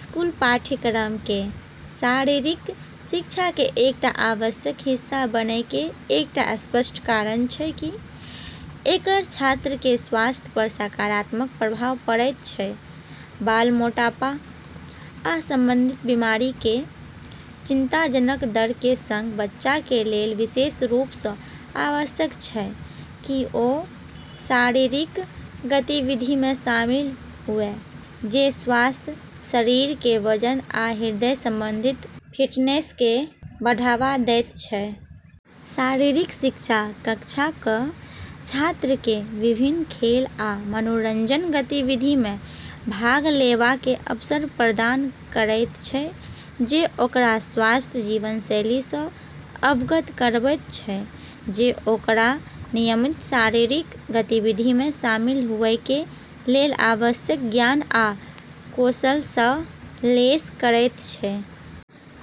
स्कूली पाठ्यक्रमके शारीरिक शिक्षाके एकटा आवश्यक हिस्सा बनैके एकटा स्पष्ट कारण छै कि एकर छात्रके स्वास्थ्य पर सकारात्मक प्रभाव पड़ैत छै। बाल मोटापा आ संबंधित बीमारिक चिंताजनक दरके सङ्ग, बच्चाके लेल विशेष रूपसँ आवश्यक छै कि ओ शारीरिक गतिविधिमे शामिल हुए जे स्वस्थ शरीरके वजन आ हृदय संबंधी फिटनेसके बढ़ावा दैत छै। शारीरिक शिक्षा कक्षाक छात्रके विभिन्न खेल आ मनोरंजन गतिविधिमे भाग लेबाके अवसर प्रदान करैत छै जे ओकरा स्वस्थ जीवनशैलीसँ अवगत करबैत छै, जे ओकरा नियमित शारीरिक गतिविधिमे शामिल हुएके लेल आवश्यक ज्ञान आ कौशलसँ लैस करैत छै।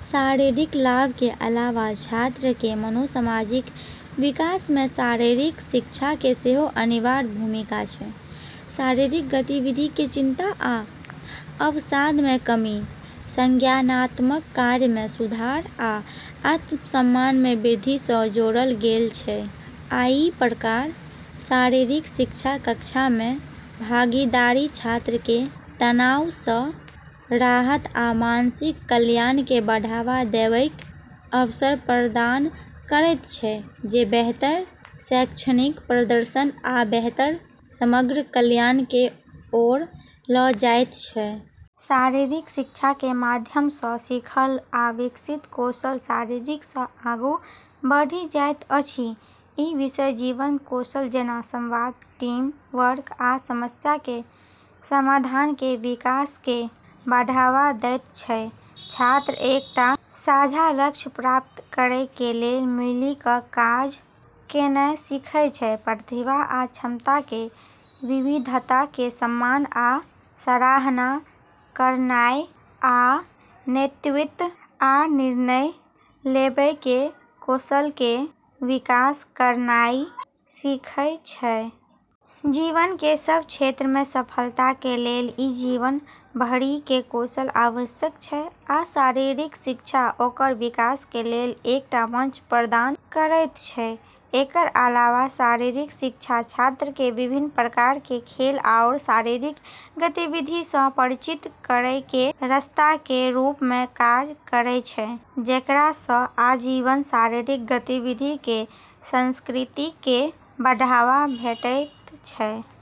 शारीरिक लाभके अलावा छात्रके मनोसामाजिक विकासमे शारीरिक शिक्षाके सेहो अनिवार्य भूमिका छै। शारीरिक गतिविधिके चिंता आ अवसादमे कमी, संज्ञानात्मक कार्यमे सुधार, आ आत्मसम्मानमे वृद्धिसँ जोड़ल गेल छै। अइ प्रकार, शारीरिक शिक्षा कक्षामे भागीदारी छात्रके तनावसँ राहत आ मानसिक कल्याणके बढ़ावा देबैके अवसर प्रदान करैत छै, जे बेहतर शैक्षणिक प्रदर्शन आ बेहतर समग्र कल्याणके ओर ल' जाइत छै। शारीरिक शिक्षाके माध्यमसँ सीखल आ विकसित कौशल शारीरिकसँ आगू बढ़ि जाइत अछि। ई विषय जीवन कौशल जेना संवाद, टीम वर्क, आ समस्याके समाधानके विकासके बढ़ावा दैत छै। छात्र एकटा साझा लक्ष्य प्राप्त करैके लेल मिलि क' काज कयनाइ सीखय छै, प्रतिभा आ क्षमताके विविधताके सम्मान आ सराहना करनाइ, आ नेतृत्व आ निर्णय लेबैके कौशलके विकास करनाइ सीखय छै। जीवनके सब क्षेत्रमे सफलताके लेल इ जीवन भरिके कौशल आवश्यक छै, आ शारीरिक शिक्षा ओकर विकासके लेल एकटा मंच प्रदान करैत छै। एकर अलावा शारीरिक शिक्षा छात्रके विभिन्न प्रकारके खेल आओर शारीरिक गतिविधिसँ परिचित करैके रस्ताकेँ रूपमे काज करै छै, जेकरासँ आजीवन शारीरिक गतिविधिके संस्कृतिके बढ़ावा भेटैत छै।